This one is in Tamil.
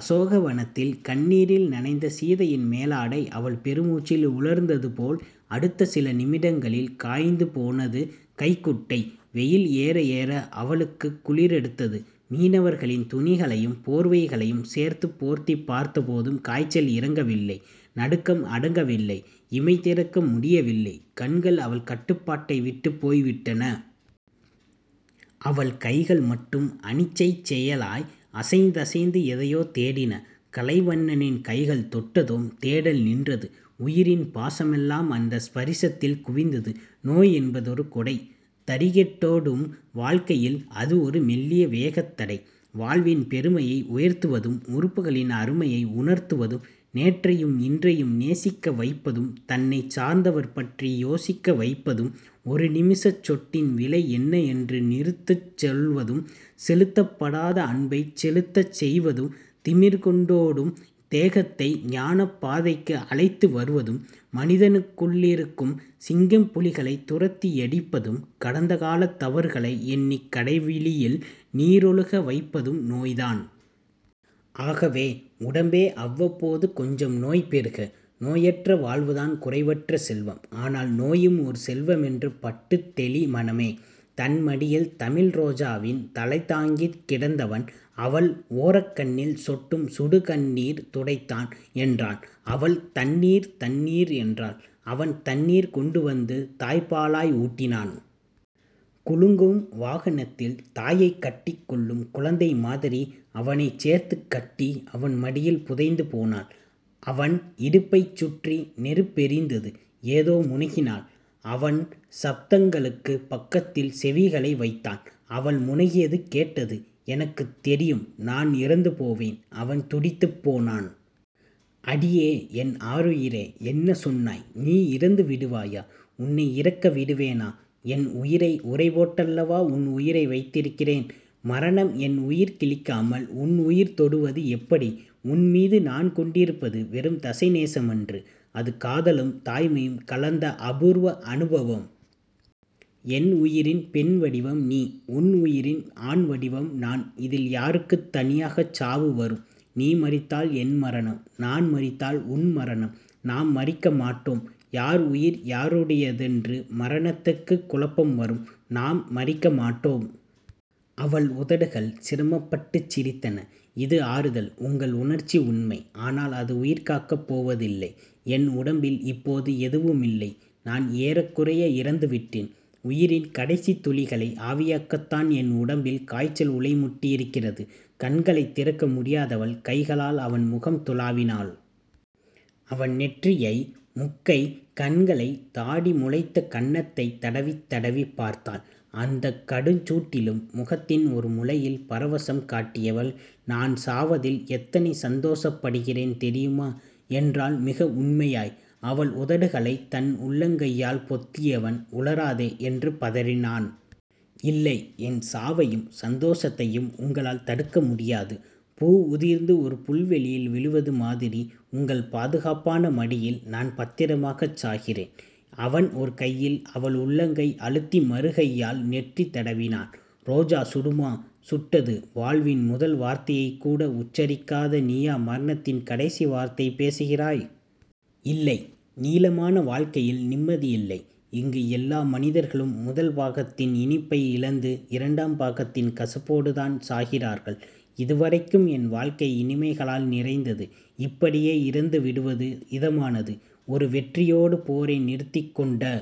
அசோகவனத்தில் கண்ணீரில் நனைந்த சீதையின் மேலாடை அவள் பெருமுச்சில் உலர்ந்ததுபோல், அடுத்த சில நிமிடங்களில் காய்ந்துபோனது கைக்குட்டை. வெயில் ஏறஏற அவளுக்குக் குளிரெடுத்தது. மீனவர்களின் துணிகளையும் போர்வைகளையும் சேர்த்துப் போர்த்திப் பார்த்தபோதும் காய்ச்சல் இறங்கவில்லை. நடுக்கம் அடங்கவில்லை. இமை திறக்க முடியவில்லை. கண்கள் அவள் கட்டுப்பாட்டைவிட்டுப் போய்விட்டன. அவள் கைகள் மட்டும் அனிச்சைச் செயலாய் அசைந்தசைந்து எதையோ தேடின. கலைவண்ணனின் கைகள் தொட்டதும் தேடல் நின்றது. உயிரின் பாசமெல்லாம் அந்த ஸபரிசத்தில் குவிந்தது. நோய் என்பதொரு கொடை. தறிகெட்டோ டும் வாழ்க்கையில் அது ஒரு மெல்லிய வேகத்தடை. வாழ்வின் பெருமையை உயர்த்துவதும் உறுப்புகளின் அருமையை உணர்த்துவதும் நேற்றையும் இன்றையும் நேசிக்க வைப்பதும் தன்னைச் சார்ந்தவர்பற்றி யோசிக்க வைப்பதும் ஒரு நிமிஷச்சொட்டின் விலை என்ன என்று நிறுத்துச் சொல்வதும் செலுத்தப்படாத அன்பைச் செலுத்தச் செய்வதும் திமிர் கொண்டோ டும் தேகத்தை ஞானப்பாதைக்கு அழைத்து வருவதும் மனிதனுக்குள்ளிருக்கும் சிங்கம்புலிகளைத் துரத்தியடிப்பதும் கடந்தகாலத் தவறுகளை எண்ணிக் கடைவிழியில் நீரொழுக வைப்பதும் நோய்தான். ஆகவே உடம்பே. அவ்வப்போது கொஞ்சம் நோய் பெறுக. நோயற்ற வாழ்வுதான் குறைவற்ற செல்வம். ஆனால் நோயும் ஒரு செல்வமென்று பட்டுத்தெளி, மனமே. தன்மடியில் தமிழ்ரோஜாவின் தலைதாங்கிக் கிடந்தவன், அவள் ஒரக்கண்ணில் சொட்டும் சுடுகண்ணீர் துடைத்தான். என்றான். அவள், தண்ணீர். தண்ணீர். என்றாள். அவன் தண்ணீர் கொண்டுவந்து தாய்ப்பாலாய் ஊட்டினான். குலுங்கும் வாகனத்தில் தாயைக்கட்டிக் கொள்ளும் குழந்தைமாதிரி அவனைச் சேர்த்துக் கட்டி, அவன் மடியில் புதைந்து போனாள். அவன் இடுப்பைச் சுற்றி நெருப்பெரிந்தது. ஏதோ முனகினாள். அவன் சப்தங்களுக்குப் பக்கத்தில் செவிகளை வைத்தான். அவள் முனகியது கேட்டது. எனக்குத் தெரியும், நான் இறந்துபோவேன். அவன் துடித்துப் போனான். அடியே. என் ஆருயிரே. என்ன சொன்னாய்? நீ இறந்து விடுவாயா? உன்னை இறக்கவிடுவேனா? என் உயிரை உறைபோட்டல்லவா உன் உயிரை வைத்திருக்கிறேன். மரணம் என் உயிர் கிழிக்காமல் உன் உயிர் தொடுவது எப்படி? உன்மீது நான் கொண்டிருப்பது வெறும் தசைநேசமன்று. அது காதலும் தாய்மையும் கலந்தஅபூர்வ அனுபவம். என் உயிரின் பெண்வடிவம் நீ. உன் உயிரின் ஆண்வடிவம் நான். இதில் யாருக்குத் தனியாகச் சாவு வரும்? நீ மரித்தால் என் மரணம். நான் மரித்தால் உன் மரணம். நாம் மரிக்கமாட்டோ ம். யார் உயிர் யாருடையதென்று மரணத்துக்குக் குழப்பம் வரும். நாம் மரிக்கமாட்டோ ம். அவள் உதடுகள் சிரமப்பட்டுச் சிரித்தன. இது ஆறுதல். உங்கள் உணர்ச்சி உண்மை. ஆனால், அது உயிர்காக்கப் போவதில்லை. என் உடம்பில் இப்போது எதுவுமில்லை. நான் ஏறக்குறைய இறந்துவிட்டேன். உயிரின் கடைசித் துளிகளை ஆவியாக்கத்தான் என் உடம்பில் காய்ச்சல் உலைமுட்டியிருக்கிறது. கண்களைத் திறக்க முடியாதவள் கைகளால் அவன் முகம் துழாவினாள். அவன் நெற்றியை, முக்கை, கண்களை, தாடி முளைத்த கன்னத்தைத் தடவித் தடவிப் பார்த்தாள். அந்தக் கடுஞ்சூட்டிலும் முகத்தின் ஒரு முலையில் பரவசம் காட்டியவள் நான் சாவதில் எத்தனை சந்தோஷப்படுகிறேன் தெரியுமா? என்றாள் மிக உண்மையாய். அவள் உதடுகளைத் தன் உள்ளங்கையால் பொத்தியவன், உளறாதே. என்று பதறினான். இல்லை. என் சாவையும், சந்தோஷத்தையும் உங்களால் தடுக்க முடியாது. பூ உதிர்ந்து ஒரு புல்வெளியில் விழுவது மாதிரி உங்கள் பாதுகாப்பான மடியில் நான் பத்திரமாகச் சாகிறேன். அவன் ஒரு கையில் அவள் உள்ளங்கை அழுத்தி மறுகையால் நெற்றி தடவினான். ரோஜா சுடுமா? சுட்டது. வாழ்வின் முதல் வார்த்தையைக்கூட உச்சரிக்காத நீயா மரணத்தின் கடைசி வார்த்தை பேசுகிறாய்? இல்லை. நீளமான வாழ்க்கையில் நிம்மதி இல்லை. இங்கு எல்லா மனிதர்களும் முதல் பாகத்தின் இனிப்பை இழந்து, இரண்டாம் பாகத்தின் கசப்போடுதான் சாகிறார்கள். இதுவரைக்கும் என் வாழ்க்கை இனிமைகளால் நிறைந்தது. இப்படியே இறந்துவிடுவது இதமானது. ஒரு வெற்றியோடு போரை நிறுத்திக்கொண்ட